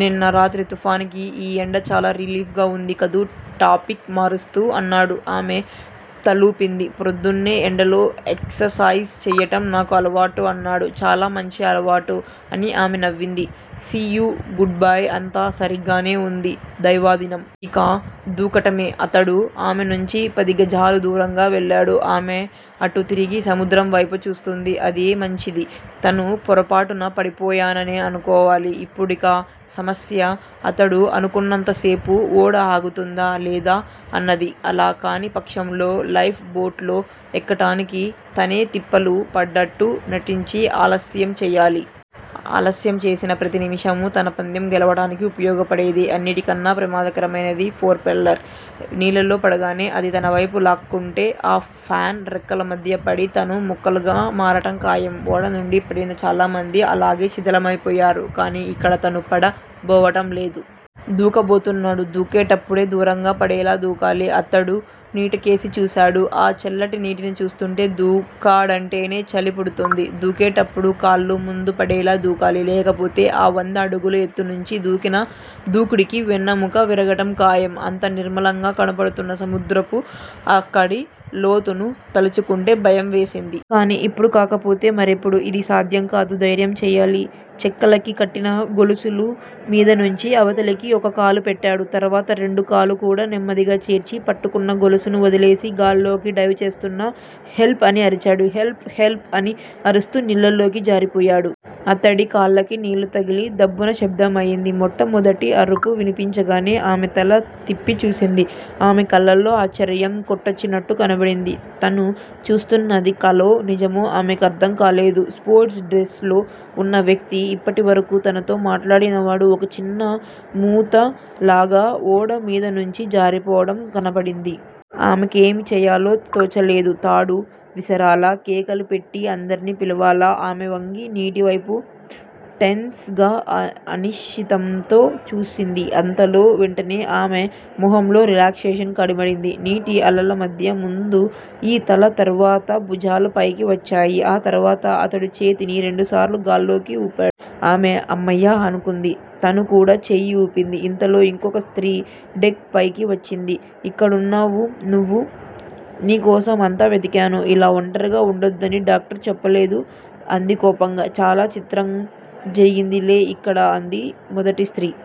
నిన్న రాత్రి తుఫానుకి ఈ ఎండ చాలా రిలీఫ్ గా వుంది కదూ! టాపిక్ మారుస్తూ అన్నాడు. ఆమె తలూపింది. ప్రొద్దున్నే ఎండలో ఎక్సర్ సైజు చెయ్యటం నాకు అలవాటు అన్నాడు. చాలా మంచి ఆలవాటు అని ఆమె నవ్వింది. సీ యూ గుడ్ బై అంతా సరీగ్గానే ఉంది దైవాధీనం! ఇక దూకటమే!!! అతడు ఆమెనుంచి పదిగజాల దూరంగా వెళ్లాడు. ఆమె అటు తిరిగి సముద్రంవైపు చూస్తూంది. అదే మంచిది. తను పొరపాటున పడిపోయాననే అనుకోవాలి. ఇప్పుడిక సమస్య- అతడు అనుకున్నంతసేపు ఓడ ఆగుతుందా లేదా అన్నది. అలా కాని పక్షంలో లైఫ్ బోట్లో ఎక్కటానికి తనే తిప్పలు పడ్డట్టూ నటించి ఆలస్యం చెయ్యాలి. ఆలస్యం చేసిన ప్రతి నిమిషమూ తన పందెం గెలవటానికి ఉపయోగపడేదే! అన్నిటికన్నా ప్రమాదకరమైనది పోర్పెల్లరు. నీళ్ళల్లో పడగానే అది తనవైపు లాక్కుంటే, ఆ ఫాను రెక్కలమధ్య పడి తను ముక్కలుగా మారటం ఖాయం. ఓడనుండి పడిన చాలా మంది, అలాగే శిథిలమైపోయారు. కానీ ఇక్కడ తను 'పడ' బోవడం లేదు. 'దూక' బోతున్నాడు. దూకేటప్పుడే దూరంగా పడేలా దూకాలి. అతడు నీటికేసి చూశాడు. ఆ చల్లటి నీటిని చూస్తూంటే దూక్కండటేనే చలి పుడుతోంది. దూకేటప్పుడు కాళ్ళు ముందు పడేలా దూకాలి. లేకపోతే ఆ వంద అడుగుల ఎత్తునుంచి దూకిన దూకుడుకి వెన్నముక విరగటం ఖాయం. అంత నిర్మలంగా కనబడుతున్న సముద్రపు అక్కడి లోతుని తలుచుకుంటే భయం వేసింది. కానీ ఇప్పుడు కాకపోతే మరెప్పుడూ యిది సాధ్యం కాదు. ధైర్యం చెయ్యాలి. చెక్కలకి కట్టిన గొలుసులు మీదనుంచి అవతలికి ఒక కాలు పెట్టాడు. తరువాత రెండుకాలుకూడా నెమ్మదిగా చేర్చి, పట్టుకున్న గొలుసుని వదిలేసి గాలిలోకి డైవ్ చేస్తున, హెల్ప్! అని అరిచాడు. హెల్ప్! హెల్ప్! అని అరుస్తూ నీళ్ళలోకి జారిపోయాడు. అతడి కాళ్ళకి నీళ్ళు తగిలి దబ్బున శబ్దం అయింది. మొట్టమొదటి అరుపు వినిపించగానే ఆమె తల తిప్పి చూసింది. ఆమె కళ్ళల్లో ఆశ్చర్యం కొట్టొచ్చినట్టు కనబడింది. తను చూస్తున్నది కలో. నిజమో ఆమెకు అర్థంకాలేదు. స్పోర్ట్స్ డ్రెస్ లో వున్న వ్యక్తి, ఇప్పటివరకూ తనతో మాట్లాడినవాడు ఒక చిన్న మూతలాగా ఓడ మీదనుంచి జారిపోవడం కనబడింది. ఆమెకేం చెయ్యాలో తోచలేదు. తాడు విసరాలా, కేకలు పెట్టి అందర్నీ పిలవాలా? ఆమె వంగి నీటివైపు టెన్స్ గా, అన్షితంతో చూసింది. అంతలో వెంటనే ఆమె మొహంలో రిలాక్సేషన్ కనబడింది. నీటి అలలమధ్య ముందు ఈ తల, తరువాత భూజాలూ పైకి వచ్చాయి. ఆ తరువాత అతడు చేతిని రెండుసార్లు గాలిలోకి వూపాడు. ఆమె అమ్మయ్య అనుకుంది. తను కూడా చెయ్యి వూపింది. ఇంతలో ఇంకొక స్త్రీ, డెక్ పైకి వచ్చింది ఇక్కడున్నావు నువ్వు? నీ కోసం అంతా వెతికాను. ఇలా ఒంటరిగా ఉండొద్దని డాక్టరు చెప్పలేదూ అంది కోపంగా. చాలా చిత్రం జగిందిలే ఇక్కడ అంది మొదటి స్త్రీ.